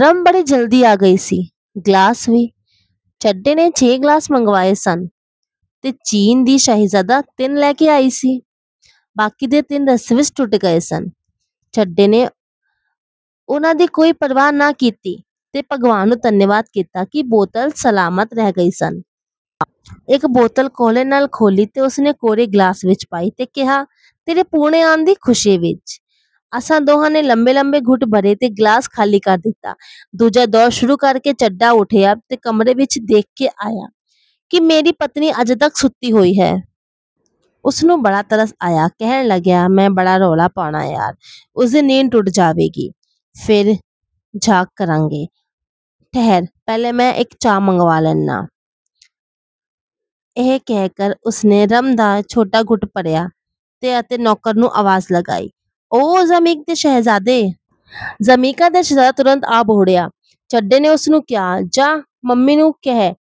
Rum ਬੜੀ ਜਲਦੀ ਆ ਗਈ, ਗਲਾਸ ਵੀ। ਚੱਡੇ ਨੇ ਛੇ ਮੰਗਵਾਏ ਸਨ ਤੇ ਚੀਨ ਦਾ ਸ਼ਹਿਜ਼ਾਦਾ ਤਿੰਨ ਲਿਆਇਆ ਸੀ, ਬਾਕੀ ਦੇ ਤਿੰਨ ਰਸਤੇ ਵਿਚ ਟੁੱਟ ਗਏ ਸਨ। ਚੱਡੇ ਨੇ ਉਹਨਾਂ ਦੀ ਕੋਈ ਪ੍ਰਵਾਹ ਨਾ ਕੀਤੀ ਤੇ ਭਗਵਾਨ ਨੂੰ ਧੰਨਵਾਦ ਦਿੱਤਾ ਕਿ ਬੋਤਲਾਂ ਸਲਾਮਤ ਰਹਿ ਗਈਆਂ ਸਨ। ਇਕ ਬੋਤਲ ਕਾਹਲ ਨਾਲ ਖੋਹਲ ਕੇ ਉਸਨੇ ਕੋਰੇ ਗਲਾਸਾਂ ਵਿਚ ਰੰਮ ਪਾਈ ਤੇ ਕਿਹਾ, "ਤੇਰੇ ਪੂਨੇ ਆਉਣ ਦੀ ਖੁਸ਼ੀ ਵਿਚ। "ਅਸਾਂ ਦੋਵਾਂ ਨੇ ਲੰਮੇਂ-ਲੰਮੇਂ ਘੁੱਟ ਭਰੇ 'ਤੇ ਗ਼ਲਾਸ ਖ਼ਾਲੀ ਕਰ ਦਿੱਤੇ। ਦੂਜਾ ਦੌਰ ਸ਼ੁਰੂ ਕਰਕੇ ਚੱਡਾ ਉੱਠਿਆ ਤੇ ਕਮਰੇ ਵਿਚ ਦੇਖ ਆਇਆ ਕਿ ਮੇਰੀ ਪਤਨੀ ਅਜੇ ਤਕ ਸੁੱਤੀ ਹੋਈ ਹੈ। ਉਸਨੂੰ ਬੜਾ ਤਰਸ ਆਇਆ। ਕਹਿਣ ਲੱਗਾ, "ਮੈਂ ਬੜਾ ਰੌਲਾ ਪਾਉਣਾ ਯਾਰ, ਉਸਦੀ ਨੀਂਦ ਟੁੱਟ ਜਾਏਗੀ। ਫੇਰ ਇੰਜ ਕਰਾਂਗੇ, ਠਹਿਰ ਪਹਿਲਾਂ ਮੈਂ ਚਾਹ ਮੰਗਵਾ ਲਵਾਂ। " ਇਹ ਕਹਿ ਕੇ ਉਸਨੇ ਰੰਮ ਦਾ ਇਕ ਛੋਟਾ ਜਿਹਾ ਘੁੱਟ ਭਰਿਆ ਤੇ ਨੌਕਰ ਨੂੰ ਆਵਾਜ਼ ਮਾਰੀ, "ਓਇ ਜਮੀਕਾ ਦੇ ਸ਼ਹਿਜ਼ਾਦੇ! " ਜਮੀਕਾ ਦਾ ਸ਼ਹਿਜ਼ਾਦਾ ਤੁਰੰਤ ਆ ਬਹੁੜਿਆ। ਚੱਡੇ ਨੇ ਉਸਨੂੰ ਕਿਹਾ, "ਜਾਹ, ਮੰਮੀ ਨੂੰ ਕਹਿ,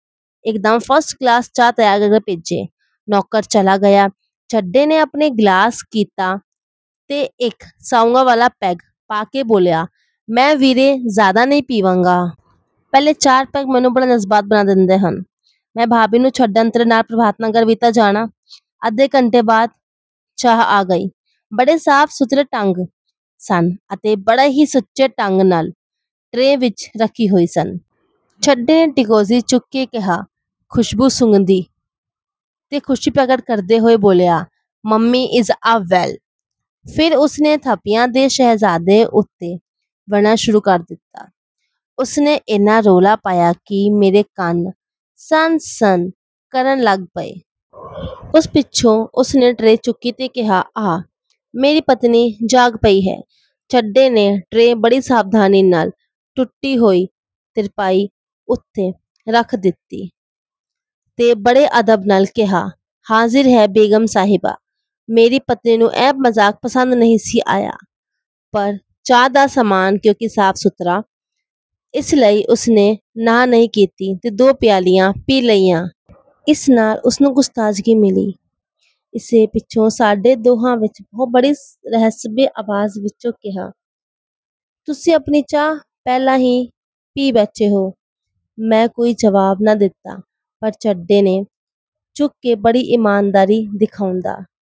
ਇਕਦਮ ਫਸਟ ਕਲਾਸ ਚਾਹ ਤਿਆਰ ਕਰਕੇ ਭੇਜ ਦਏ। " ਨੌਕਰ ਚਲਾ ਗਿਆ। ਚੱਡੇ ਨੇ ਆਪਣਾ ਗ਼ਲਾਸ ਖ਼ਾਲੀ ਕੀਤਾ ਤੇ ਇਕ ਸਾਊਆਂ ਵਾਲਾ ਪੈਗ ਪਾ ਕੇ ਬੋਲਿਆ, "ਮੈਂ ਵੀਰੇ, ਜ਼ਿਆਦਾ ਨਹੀਂ ਪੀਆਂਗਾ। ਪਹਿਲੇ ਚਾਰ ਪੈਗ ਮੈਨੂੰ ਬੜਾ ਜਜ਼ਬਾਤੀ ਬਣਾ ਦਿੰਦੇ ਨੇ। ਮੈਂ ਭਾਬੀ ਨੂੰ ਛੱਡਣ ਤੇਰੇ ਨਾਲ ਪ੍ਰਭਾਤਨਗਰ ਵੀ ਤਾਂ ਜਾਣਾ ਏਂ। " ਅੱਧੇ ਘੰਟੇ ਬਾਅਦ ਚਾਹ ਆ ਗਈ। ਬੜੇ ਸਾਫ-ਸੁਥਰੇ ਭਾਂਡੇ ਸਨ ਤੇ ਬੜੇ ਹੀ ਸੁਚੱਜੇ ਢੰਗ ਨਾਲ ਟਰੇ ਵਿਚ ਰੱਖੇ ਹੋਏ ਸਨ। ਚੱਡੇ ਨੇ ਟੀਕੋਜੀ ਚੁੱਕ ਕੇ ਚਾਹ ਦੀ ਖ਼ੁਸ਼ਬੂ ਸੁੰਘੀ ਤੇ ਖ਼ੁਸ਼ੀ ਪ੍ਰਗਟ ਕਰਦਾ ਹੋਇਆ ਬੋਲਿਆ, "ਮੰਮੀ ਇਜ਼ ਏ ਜਿਊਲ" ਫੇਰ ਉਸਨੇ ਇਥੋਪੀਆ ਦੇ ਸ਼ਹਿਜ਼ਾਦੇ ਉੱਤੇ ਵਰ੍ਹਣਾ ਸ਼ੁਰੂ ਕਰ ਦਿੱਤਾ। ਉਸਨੇ ਏਨਾ ਰੌਲਾ ਪਾਇਆ ਕਿ ਮੇਰੇ ਕੰਨ ਸਾਂ-ਸਾਂ ਕਰਨ ਲੱਗ ਪਏ। ਉਸ ਪਿੱਛੋਂ ਉਸਨੇ ਟਰੇ ਚੁੱਕੀ ਤੇ ਕਿਹਾ, "ਆ!" ਮੇਰੀ ਪਤਨੀ ਜਾਗ ਪਈ ਸੀ। ਚੱਡੇ ਨੇ ਟਰੇ ਬੜੀ ਸਾਵਧਾਨੀ ਨਾਲ ਟੁੱਟੀ ਹੋਈ ਤਿਪਾਈ ਉੱਤੇ ਰੱਖ ਦਿੱਤੀ ਤੇ ਬੜੇ ਅਦਬ ਨਾਲ ਕਿਹਾ, "ਹਾਜ਼ਿਰ ਹੈ, ਬੇਗ਼ਮ ਸਾਹਿਬਾ " ਮੇਰੀ ਪਤਨੀ ਨੂੰ ਇਹ ਮਜ਼ਾਕ ਪਸੰਦ ਨਹੀਂ ਸੀ ਆਇਆ, ਪਰ ਚਾਹ ਦਾ ਸਾਮਾਨ ਕਿਉਂਕਿ ਸਾਫ-ਸੁਥਰਾ ਸੀ, ਇਸ ਲਈ ਉਸਨੇ ਨਾਂਹ ਨਹੀਂ ਕੀਤੀ ਤੇ ਦੋ ਪਿਆਲੀਆਂ ਪੀ ਲਈਆਂ। ਇਸ ਨਾਲ ਉਸਨੂੰ ਕੁਝ ਤਾਜ਼ਗੀ ਮਿਲੀ। ਇਸ ਪਿੱਛੋਂ ਸਾਡੇ ਦੋਵਾਂ ਵੱਲ ਭੌਂ ਕੇ ਬੜੀ ਰਹੱਸਮਈ ਆਵਾਜ਼ ਵਿਚ ਕਿਹਾ, "ਤੁਸੀਂ ਆਪਣੀ ਚਾਹ ਤਾਂ ਪਹਿਲਾਂ ਹੀ ਪੀਈ ਬੈਠੇ ਓ! "ਮੈਂ ਕੋਈ ਜਵਾਬ ਨਾ ਦਿੱਤਾ ਪਰ ਚੱਡੇ ਨੇ ਝੁਕ ਕੇ ਬੜੀ ਈਮਾਨਦਾਰੀ ਦਿਖਾਉਂਦਿਆ